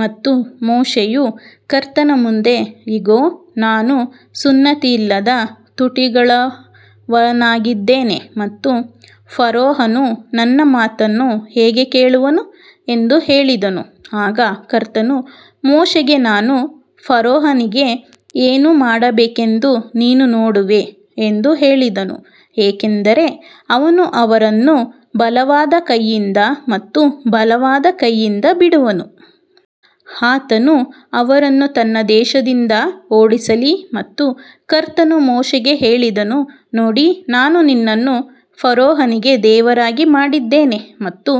ಮತ್ತು ಮೋಶೆಯು ಕರ್ತನ ಮುಂದೆ ಇಗೋ ನಾನು ಸುನ್ನತಿಯಿಲ್ಲದ ತುಟಿಗಳವನಾಗಿದ್ದೇನೆ ಮತ್ತು ಫರೋಹನು ನನ್ನ ಮಾತನ್ನು ಹೇಗೆ ಕೇಳುವನು ಎಂದು ಹೇಳಿದನು, ಆಗ ಕರ್ತನು ಮೋಶೆಗೆ ನಾನು ಫರೋಹನಿಗೆ ಏನು ಮಾಡಬೇಕೆಂದು ನೀನು ನೋಡುವೆ ಎಂದು ಹೇಳಿದನು ಏಕೆಂದರೆ ಅವನು ಅವರನ್ನು ಬಲವಾದ ಕೈಯಿಂದ ಮತ್ತು ಬಲವಾದ ಕೈಯಿಂದ ಬಿಡುವನು. ಆತನು ಅವರನ್ನು ತನ್ನ ದೇಶದಿಂದ ಓಡಿಸಲಿ ಮತ್ತು ಕರ್ತನು ಮೋಶೆಗೆ ಹೇಳಿದನು ನೋಡಿ ನಾನು ನಿನ್ನನ್ನು ಫರೋಹನಿಗೆ ದೇವರಾಗಿ ಮಾಡಿದ್ದೇನೆ ಮತ್ತು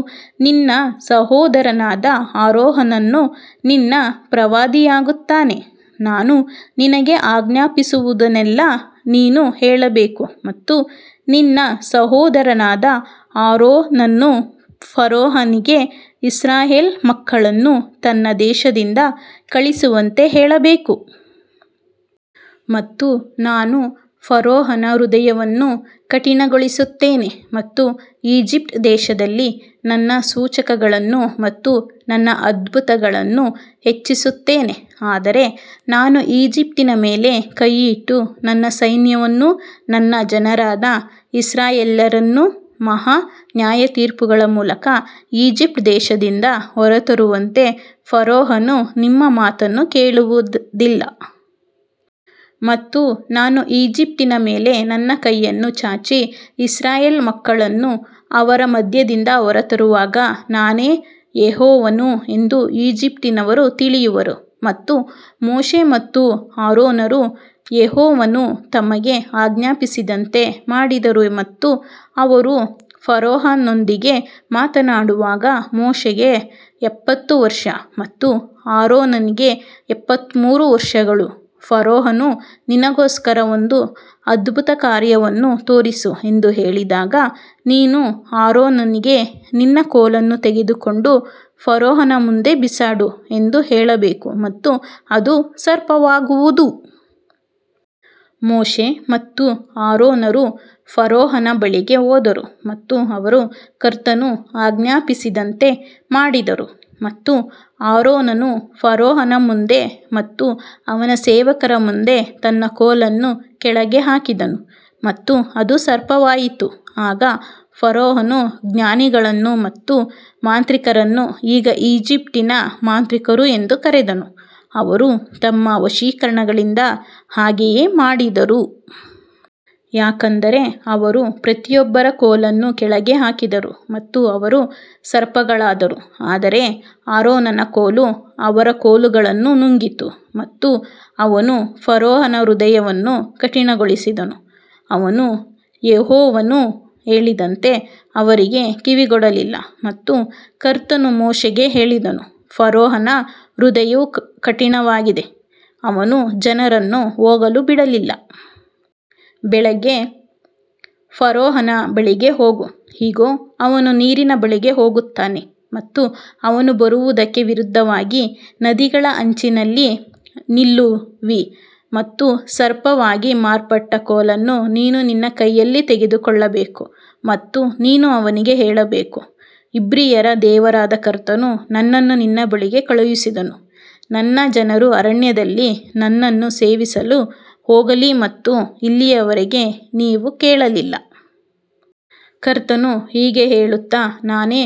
ನಿನ್ನ ಸಹೋದರನಾದ ಆರೋನನು ನಿನ್ನ ಪ್ರವಾದಿಯಾಗುತ್ತಾನೆ. ನಾನು ನಿನಗೆ ಆಜ್ಞಾಪಿಸುವುದನ್ನೆಲ್ಲಾ ನೀನು ಹೇಳಬೇಕು ಮತ್ತು ನಿನ್ನ ಸಹೋದರನಾದ ಆರೋನನು ಫರೋಹನಿಗೆ ಇಸ್ರಾಯೇಲ್ ಮಕ್ಕಳನ್ನು ತನ್ನ ದೇಶದಿಂದ ಕಳುಹಿಸುವಂತೆ ಹೇಳಬೇಕು. ಮತ್ತು ನಾನು ಫರೋಹನ ಹೃದಯವನ್ನು ಕಠಿಣಗೊಳಿಸುತ್ತೇನೆ ಮತ್ತು ಈಜಿಪ್ಟ್ ದೇಶದಲ್ಲಿ ನನ್ನ ಸೂಚಕಗಳನ್ನು ಮತ್ತು ನನ್ನ ಅದ್ಭುತಗಳನ್ನು ಹೆಚ್ಚಿಸುತ್ತೇನೆ ಆದರೆ ನಾನು ಈಜಿಪ್ಟಿನ ಮೇಲೆ ಕೈಯಿಟ್ಟು ನನ್ನ ಸೈನ್ಯವನ್ನೂ ನನ್ನ ಜನರಾದ ಇಸ್ರಾಯೇಲ್ಯರನ್ನೂ ಮಹಾ ನ್ಯಾಯತೀರ್ಪುಗಳ ಮೂಲಕ ಈಜಿಪ್ಟ್ ದೇಶದಿಂದ ಹೊರತರುವಂತೆ ಫರೋಹನು ನಿಮ್ಮ ಮಾತನ್ನು ಕೇಳುವದಿಲ್ಲ. ಮತ್ತು ನಾನು ಈಜಿಪ್ಟಿನ ಮೇಲೆ ನನ್ನ ಕೈಯನ್ನು ಚಾಚಿ ಇಸ್ರಾಯೇಲ್ ಮಕ್ಕಳನ್ನು ಅವರ ಮಧ್ಯದಿಂದ ಹೊರತರುವಾಗ ನಾನೇ ಯೆಹೋವನು ಎಂದು ಈಜಿಪ್ಟಿನವರು ತಿಳಿಯುವರು. ಮತ್ತು ಮೋಶೆ ಮತ್ತು ಆರೋನರು ಯೆಹೋವನು ತಮಗೆ ಆಜ್ಞಾಪಿಸಿದಂತೆ ಮಾಡಿದರು ಮತ್ತು ಅವರು ಫರೋಹನೊಂದಿಗೆ ಮಾತನಾಡುವಾಗ ಮೋಶೆಗೆ ಎಪ್ಪತ್ತು ವರ್ಷ ಮತ್ತು ಆರೋನನಿಗೆ ಎಪ್ಪತ್ತು ಮೂರು ವರ್ಷಗಳು ಫರೋಹನು ನಿನಗೋಸ್ಕರ ಒಂದು ಅದ್ಭುತಕಾರ್ಯವನ್ನು ತೋರಿಸು ಎಂದು ಹೇಳಿದಾಗ ನೀನು ಆರೋನನಿಗೆ ನಿನ್ನ ಕೋಲನ್ನು ತೆಗೆದುಕೊಂಡು ಫರೋಹನ ಮುಂದೆ ಬಿಸಾಡು ಎಂದು ಹೇಳಬೇಕು ಮತ್ತು ಅದು ಸರ್ಪವಾಗುವುದು. ಮೋಶೆ ಮತ್ತು ಆರೋನರು ಫರೋಹನ ಬಳಿಗೆ ಹೋದರು ಮತ್ತು ಅವರು ಕರ್ತನು ಆಜ್ಞಾಪಿಸಿದಂತೆ ಮಾಡಿದರು ಮತ್ತು ಆರೋನನು ಫರೋಹನ ಮುಂದೆ ಮತ್ತು ಅವನ ಸೇವಕರ ಮುಂದೆ ತನ್ನ ಕೋಲನ್ನು ಕೆಳಗೆ ಹಾಕಿದನು ಮತ್ತು ಅದು ಸರ್ಪವಾಯಿತು. ಆಗ ಫರೋಹನು ಜ್ಞಾನಿಗಳನ್ನು ಮತ್ತು ಮಾಂತ್ರಿಕರನ್ನು ಈಗ ಈಜಿಪ್ಟಿನ ಮಾಂತ್ರಿಕರು ಎಂದು ಕರೆದನು, ಅವರು ತಮ್ಮ ವಶೀಕರಣಗಳಿಂದ ಹಾಗೆಯೇ ಮಾಡಿದರು. ಯಾಕಂದರೆ ಅವರು ಪ್ರತಿಯೊಬ್ಬರ ಕೋಲನ್ನು ಕೆಳಗೆ ಹಾಕಿದರು ಮತ್ತು ಅವರು ಸರ್ಪಗಳಾದರು ಆದರೆ ಆರೋನನ ಕೋಲು ಅವರ ಕೋಲುಗಳನ್ನು ನುಂಗಿತು. ಮತ್ತು ಅವನು ಫರೋಹನ ಹೃದಯವನ್ನು ಕಠಿಣಗೊಳಿಸಿದನು, ಅವನು ಯೆಹೋವನು ಹೇಳಿದಂತೆ ಅವರಿಗೆ ಕಿವಿಗೊಡಲಿಲ್ಲ ಮತ್ತು ಕರ್ತನು ಮೋಶೆಗೆ ಹೇಳಿದನು, ಫರೋಹನ ಹೃದಯವು ಕಠಿಣವಾಗಿದೆ, ಅವನು ಜನರನ್ನು ಹೋಗಲು ಬಿಡಲಿಲ್ಲ. ಬೆಳಿಗ್ಗೆ ಫರೋಹನ ಬಳಿಗೆ ಹೋಗು, ಇಗೋ ಅವನು ನೀರಿನ ಬಳಿಗೆ ಹೋಗುತ್ತಾನೆ ಮತ್ತು ಅವನು ಬರುವುದಕ್ಕೆ ವಿರುದ್ಧವಾಗಿ ನದಿಗಳ ಅಂಚಿನಲ್ಲಿ ನಿಲ್ಲುವಿ ಮತ್ತು ಸರ್ಪವಾಗಿ ಮಾರ್ಪಟ್ಟ ಕೋಲನ್ನು ನೀನು ನಿನ್ನ ಕೈಯಲ್ಲಿ ತೆಗೆದುಕೊಳ್ಳಬೇಕು. ಮತ್ತು ನೀನು ಅವನಿಗೆ ಹೇಳಬೇಕು, ಇಬ್ರಿಯರ ದೇವರಾದ ಕರ್ತನು ನನ್ನನ್ನು ನಿನ್ನ ಬಳಿಗೆ ಕಳುಹಿಸಿದನು ನನ್ನ ಜನರು ಅರಣ್ಯದಲ್ಲಿ ನನ್ನನ್ನು ಸೇವಿಸಲು ಹೋಗಲಿ ಮತ್ತು ಇಲ್ಲಿಯವರೆಗೆ ನೀವು ಕೇಳಲಿಲ್ಲ. ಕರ್ತನು ಹೀಗೆ ಹೇಳುತ್ತ ನಾನೇ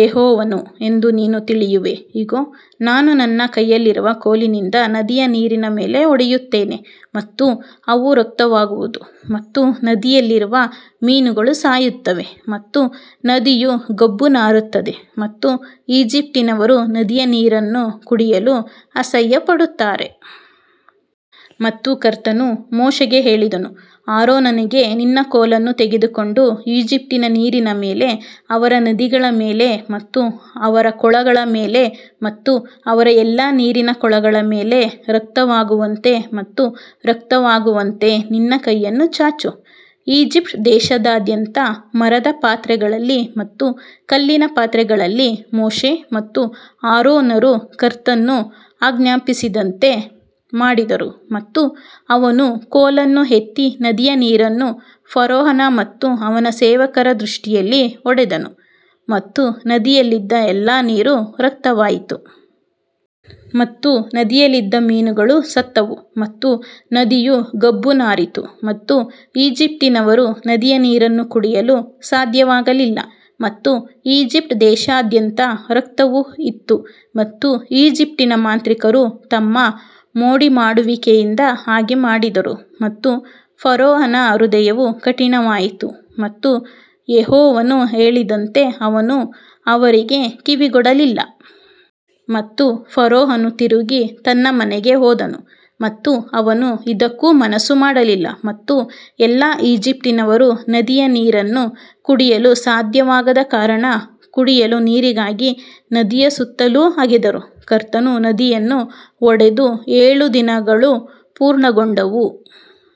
ಯೆಹೋವನು ಎಂದು ನೀನು ತಿಳಿಯುವೆ ಇಗೋ ನಾನು ನನ್ನ ಕೈಯಲ್ಲಿರುವ ಕೋಲಿನಿಂದ ನದಿಯ ನೀರಿನ ಮೇಲೆ ಹೊಡೆಯುತ್ತೇನೆ ಮತ್ತು ಅವು ರಕ್ತವಾಗುವುದು ಮತ್ತು ನದಿಯಲ್ಲಿರುವ ಮೀನುಗಳು ಸಾಯುತ್ತವೆ ಮತ್ತು ನದಿಯು ಗಬ್ಬು ನಾರುತ್ತದೆ ಮತ್ತು ಈಜಿಪ್ಟಿನವರು ನದಿಯ ನೀರನ್ನು ಕುಡಿಯಲು ಅಸಹ್ಯಪಡುತ್ತಾರೆ. ಮತ್ತು ಕರ್ತನು ಮೋಶೆಗೆ ಹೇಳಿದನು ಆರೋನನಿಗೆ ನಿನ್ನ ಕೋಲನ್ನು ತೆಗೆದುಕೊಂಡು ಈಜಿಪ್ಟಿನ ನೀರಿನ ಮೇಲೆ ಅವರ ನದಿಗಳ ಮೇಲೆ ಮತ್ತು ಅವರ ಕೊಳಗಳ ಮೇಲೆ ಮತ್ತು ಅವರ ಎಲ್ಲಾ ನೀರಿನ ಕೊಳಗಳ ಮೇಲೆ ರಕ್ತವಾಗುವಂತೆ ಮತ್ತು ರಕ್ತವಾಗುವಂತೆ ನಿನ್ನ ಕೈಯನ್ನು ಚಾಚು. ಈಜಿಪ್ಟ್ ದೇಶದಾದ್ಯಂತ ಮರದ ಪಾತ್ರೆಗಳಲ್ಲಿ ಮತ್ತು ಕಲ್ಲಿನ ಪಾತ್ರೆಗಳಲ್ಲಿ ಮೋಶೆ ಮತ್ತು ಆರೋನರು ಕರ್ತನು ಆಜ್ಞಾಪಿಸಿದಂತೆ ಮಾಡಿದರು ಮತ್ತು ಅವನು ಕೋಲನ್ನು ಎತ್ತಿ ನದಿಯ ನೀರನ್ನು ಫರೋಹನ ಮತ್ತು ಅವನ ಸೇವಕರ ದೃಷ್ಟಿಯಲ್ಲಿ ಹೊಡೆದನು ಮತ್ತು ನದಿಯಲ್ಲಿದ್ದ ಎಲ್ಲಾ ನೀರು ರಕ್ತವಾಯಿತು. ಮತ್ತು ನದಿಯಲ್ಲಿದ್ದ ಮೀನುಗಳು ಸತ್ತವು ಮತ್ತು ನದಿಯು ಗಬ್ಬು ನಾರಿತು ಮತ್ತು ಈಜಿಪ್ಟಿನವರು ನದಿಯ ನೀರನ್ನು ಕುಡಿಯಲು ಸಾಧ್ಯವಾಗಲಿಲ್ಲ ಮತ್ತು ಈಜಿಪ್ಟ್ ದೇಶದಾದ್ಯಂತ ರಕ್ತವು ಇತ್ತು. ಮತ್ತು ಈಜಿಪ್ಟಿನ ಮಾಂತ್ರಿಕರು ತಮ್ಮ ಮೋಡಿಮಾಡುವಿಕೆಯಿಂದ ಹಾಗೆ ಮಾಡಿದರು ಮತ್ತು ಫರೋಹನ ಹೃದಯವು ಕಠಿಣವಾಯಿತು ಮತ್ತು ಯೆಹೋವನು ಹೇಳಿದಂತೆ ಅವನು ಅವರಿಗೆ ಕಿವಿಗೊಡಲಿಲ್ಲ. ಮತ್ತು ಫರೋಹನು ತಿರುಗಿ ತನ್ನ ಮನೆಗೆ ಹೋದನು ಮತ್ತು ಅವನು ಇದಕ್ಕೂ ಮನಸ್ಸು ಮಾಡಲಿಲ್ಲ ಮತ್ತು ಎಲ್ಲಾ ಈಜಿಪ್ಟಿನವರು ನದಿಯ ನೀರನ್ನು ಕುಡಿಯಲು ಸಾಧ್ಯವಾಗದ ಕಾರಣ ಕುಡಿಯಲು ನೀರಿಗಾಗಿ ನದಿಯ ಸುತ್ತಲೂ ಅಗೆದರು. ಕರ್ತನು ನದಿಯನ್ನು ಹೊಡೆದು ಏಳು ದಿನಗಳು ಪೂರ್ಣಗೊಂಡವು.